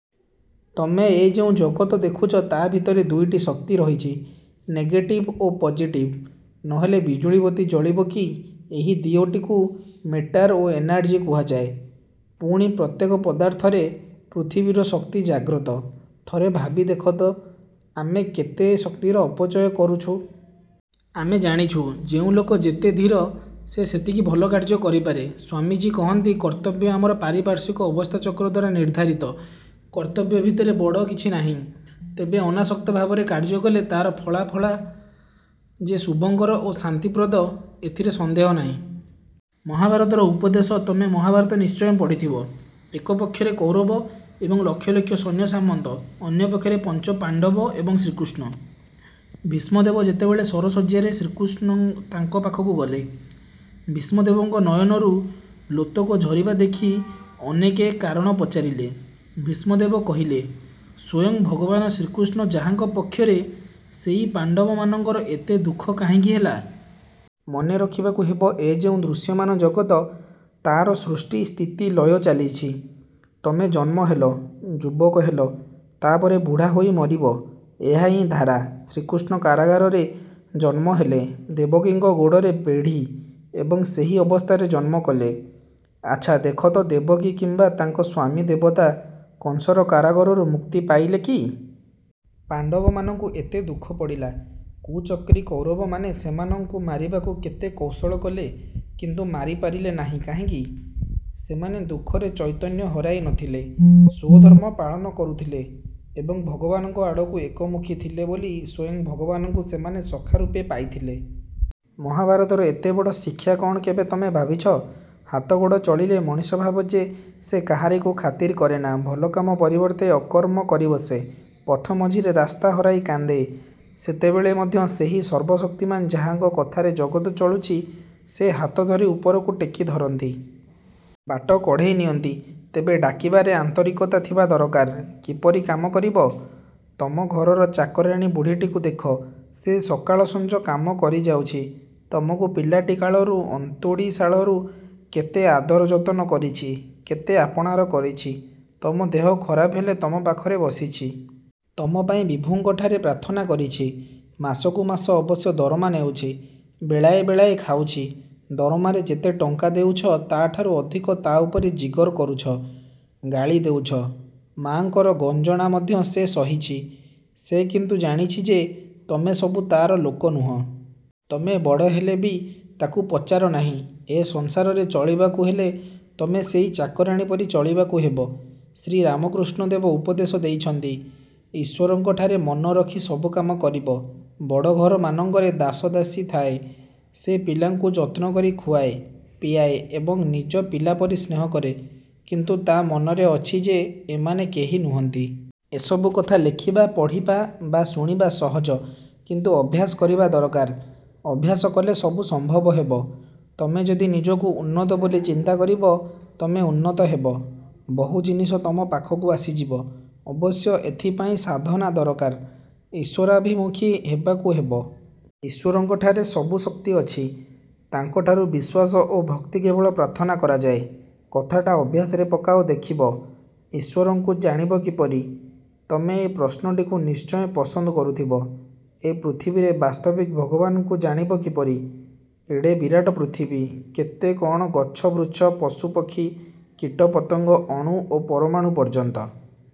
ତମେ ଏ ଯେଉଁ ଜଗତ ଦେଖୁଛ ତା' ଭିତରେ ଦୁଇଟି ଶକ୍ତି ରହିଛି। ନେଗେଟିଭ ଓ ପଜେଟିଭ ନ ହେଲେ ବିଜୁଳିବତୀ ଜଳିବ କି ଏହି ଦିଓଟିକୁ ମେଟାର ଓ ଏନାର୍ଜି କୁହାଯାଏ। ପୁଣି ପ୍ରତ୍ୟେକ ପଦାର୍ଥରେ ପୃଥିବୀର ଶକ୍ତି ଜାଗ୍ରତ। ଥରେ ଭାବି ଦେଖତ ଆମେ କେତେ ଶକ୍ତିର ଅପଚୟ କରୁଛୁଁ-। ଆମେ ଜାଣିଛୁ, ଯେଉଁ ଲୋକ ଯେତେ ଧୀର ସେ ସେତିକି ଭଲକାର୍ଯ୍ୟ କରିପାରେ। ସ୍ୱାମୀଜୀ କହନ୍ତି, କର୍ତ୍ତବ୍ୟ ଆମର ପାରିପାର୍ଶ୍ୱିକ ଅବସ୍ଥାଚକ୍ର ଦ୍ୱାରା ନିର୍ଦ୍ଧାରିତ। କର୍ତ୍ତବ୍ୟ ଭିତରେ ବଡ଼ କିଛି ନାହିଁ। ତେବେ ଅନାସକ୍ତ ଭାବରେ କାର୍ଯ୍ୟ କଲେ ତା'ର ଫଳାଫଳା ଯେ ଶୁଭଙ୍କର ଓ ଶାନ୍ତିପ୍ରଦ, ଏଥିରେ ସନ୍ଦେହ ନାହିଁ। ମହାଭାରତର ଉପଦେଶ ତମେ ମହାଭାରତ ନିଶ୍ଚୟ ପଢ଼ିଥିବ। ଏକ ପକ୍ଷରେ କୌରବ ଏବଂ ଲକ୍ଷ ଲକ୍ଷ ସୈନ୍ୟସାମନ୍ତ, ଅନ୍ୟପକ୍ଷରେ ପଞ୍ଚପାଣ୍ତବ, ଏବଂ ଶ୍ରୀକୃଷ୍ଣ। ଭୀଷ୍ମଦେବ ଯେତେବେଳେ ଶରଶଯ୍ୟାରେ, ଶ୍ରୀକୃଷ୍ଣ ତାଙ୍କ ପାଖକୁ ଗଲେ। ଭୀଷ୍ମଦେବଙ୍କ ନୟନରୁ ଲୋତକ ଝରିବା ଦେଖି ଅନେକେ କାରଣ ପଚାରିଲେ। ଭୀଷ୍ମଦେବ କହିଲେ-ସ୍ୱୟଂ ଭଗବାନ ଶ୍ରୀକୃଷ୍ଣ ଯାହାଙ୍କ ପକ୍ଷରେ, ସେଇ ପାଣ୍ତବମାନଙ୍କର ଏତେ ଦୁଃଖ କାହିଁକି ହେଲା? ମନେ ରଖିବାକୁ ହେବ ଏ ଯେଉଁ ଦୃଶ୍ୟମାନ ଜଗତ ତାର ସୃଷ୍ଟି-ସ୍ଥିତି-ଲୟ ଚାଲିଛି। ତମେ ଜନ୍ମ ହେଲ, ଯୁବକ ହେଲ ତା'ପରେ ବୁଢ଼ା ହୋଇ ମରିବ। ଏହାହିଁ ଧାରା। ଶ୍ରୀକୃଷ୍ଣ କାରାଗାରରେ ଜନ୍ମ ହେଲେ। ଦେବକୀଙ୍କ ଗୋଡ଼ରେ ବେଢ଼ି ଏବଂ ସେହି ଅବସ୍ଥାରେ ଜନ୍ମକଲେ। ଆଚ୍ଛା ଦେଖତ ଦେବକୀ କିମ୍ୱା ତାଙ୍କ ସ୍ୱାମୀଦେବତା କଂସର କାରାଗାରରୁ ମୁକ୍ତି ପାଇଲେ କି? ପାଣ୍ତବମାନଙ୍କୁ ଏତେ ଦୁଃଖ ପଡ଼ିଲା। କୁଚକ୍ରୀ କୌରବମାନେ ସେମାନଙ୍କୁ ମାରିବାକୁ କେତେ କୌଶଳ କଲେ କିନ୍ତୁ ମାରି ପାରିଲେ ନାହିଁ କାହିଁକି? ସେମାନେ ଦୁଃଖରେ ଚୈତନ୍ୟ ହରାଇ ନ ଥିଲେ। ସ୍ୱଧର୍ମ ପାଳନ କରୁଥିଲେ ଏବଂ ଭଗବାନଙ୍କ ଆଡ଼କୁ ଏକମୁଖୀ ଥିଲେ ବୋଲି ସ୍ୱୟଂ ଭଗବାନଙ୍କୁ ସେମାନେ ସଖା ରୂପେ ପାଇଥିଲେ। ମହାଭାରତର ଏତେବଡ଼ ଶିକ୍ଷା କ'ଣ କେବେ ତମେ ଭାବିଛ? ହାତ-ଗୋଡ଼ ଚଳିଲେ ମଣିଷଭାବେ ଯେ ସେ କାହାରିକୁ ଖାତିର କରେନା। ଭଲକାମ ପରିବର୍ତ୍ତେ ଅକର୍ମ କରି ବସେ। ପଥ ମଝିରେ ରାସ୍ତା ହରାଇ କାନ୍ଦେ। ସେତେବେଳେ ମଧ୍ୟ ସେହି ସର୍ବଶକ୍ତିମାନ ଯାହାଙ୍କ କଥାରେ ଜଗତ ଚଳୁଛି ସେ ହାତ ଧରି ଉପରକୁ ଟେକି ଧରନ୍ତି। ବାଟ କଢ଼େଇ ନିଅନ୍ତି। ତେବେ ଡାକିବାରେ ଆନ୍ତରିକତା ଥିବା ଦରକାର। କିପରି କାମ କରିବ? ତମ ଘରର ଚାକରାଣୀ ବୁଢ଼ୀଟିକୁ ଦେଖ। ସେ ସକାଳ ସଞ୍ଜ କାମ କରିଯାଉଛି। ତମକୁ ପିଲାଟି କାଳରୁ ଅନ୍ତୁଡ଼ିଶାଳରୁ କେତେ ଆଦର ଯତନ କରିଛି। କେତେ ଆପଣାର କରିଛି। ତମ ଦେହ ଖରାପ ହେଲେ ତମ ପାଖରେ ବସିଛି। ତମ ପାଇଁ ବିଭୁଙ୍କଠାରେ ପ୍ରାର୍ଥନା କରିଛି। ମାସକୁ ମାସ ଅବଶ୍ୟ ଦରମା ନେଉଛି। ବେଳାଏ ବେଳାଏ ଖାଉଛି। ଦରମାରେ ଯେତେ ଟଙ୍କା ଦେଉଛ, ତା'ଠାରୁ ଅଧିକ ତା' ଉପରେ ଜିଗର କରୁଛ। ଗାଳି ଦେଉଛ। ମା'ଙ୍କର ଗଞ୍ଜଣା ମଧ୍ୟ ସେ ସହିଛି। ସେ କିନ୍ତୁ ଜାଣିଛି ଯେ ତମେ ସବୁ ତାର ଲୋକ ନୁହଁ। ତମେ ବଡ଼ ହେଲେବି ତାକୁ ପଚାର ନାହିଁ। ଏ ସଂସାରରେ ଚଳିବାକୁ ହେଲେ ତମେ ସେଇ ଚାକରାଣୀ ପରି ଚଳିବାକୁ ହେବ। ଶ୍ରୀରାମକୃଷ୍ଣ ଦେବ ଉପଦେଶ ଦେଇଛନ୍ତି, ଈଶ୍ୱରଙ୍କଠାରେ ମନ ରଖି ସବୁକାମ କରିବ-। ବଡ଼ଘରମାନଙ୍କରେ ଦାସ-ଦାସୀ ଥାଏ। ସେ ପିଲାଙ୍କୁ ଯତ୍ନକରି ଖୁଆଏ, ପିଆଏ ଏବଂ ନିଜ ପିଲାପରି ସ୍ନେହ କରେ କିନ୍ତୁ ତା' ମନରେ ଅଛି ଯେ ଏମାନେ କେହି ନୁହନ୍ତି। ଏ ସବୁ କଥା ଲେଖିବା, ପଢ଼ିବା ବା ଶୁଣିବା ସହଜ କିନ୍ତୁ ଅଭ୍ୟାସ କରିବା ଦରକାର। ଅଭ୍ୟାସ କଲେ ସବୁ ସମ୍ଭବ ହେବ। ତମେ ଯଦି ନିଜକୁ ଉନ୍ନତ ବୋଲି ଚିନ୍ତା କରିବ, ତମେ ଉନ୍ନତ ହେବ। ବହୁ ଜିନିଷ ତମ ପାଖକୁ ଆସିଯିବ। ଅବଶ୍ୟ ଏଥିପାଇଁ ସାଧନା ଦରକାର-ଈଶ୍ୱରାଭିମୁଖୀ ହେବାକୁ ହେବ। ଈଶ୍ୱରଙ୍କଠାରେ ସବୁ ଶକ୍ତି ଅଛି। ତାଙ୍କଠାରୁ ବିଶ୍ୱାସ ଓ ଭକ୍ତି କେବଳ ପ୍ରାର୍ଥନା କରାଯାଏ। କଥାଟା ଅଭ୍ୟାସରେ ପକାଅ ଦେଖିବ! ଈଶ୍ୱରଙ୍କୁ ଜାଣିବ କିପରି? ତମେ ଏ ପ୍ରଶ୍ନଟିକୁ ନିଶ୍ଚୟ ପସନ୍ଦ କରୁଥିବ। ଏ ପୃଥିବୀରେ ବାସ୍ତବିକ ଭଗବାନଙ୍କୁ ଜାଣିବ କିପରି? ଏଡ଼େ ବିରାଟ ପୃଥିବୀ। କେତେ କଣ ଗଛ-ବୃଚ୍ଛ, ପଶୁ-ପକ୍ଷୀ, କୀଟ-ପତଙ୍ଗ ଅଣୁ ଓ ପରମାଣୁ ପର୍ଯ୍ୟନ୍ତ।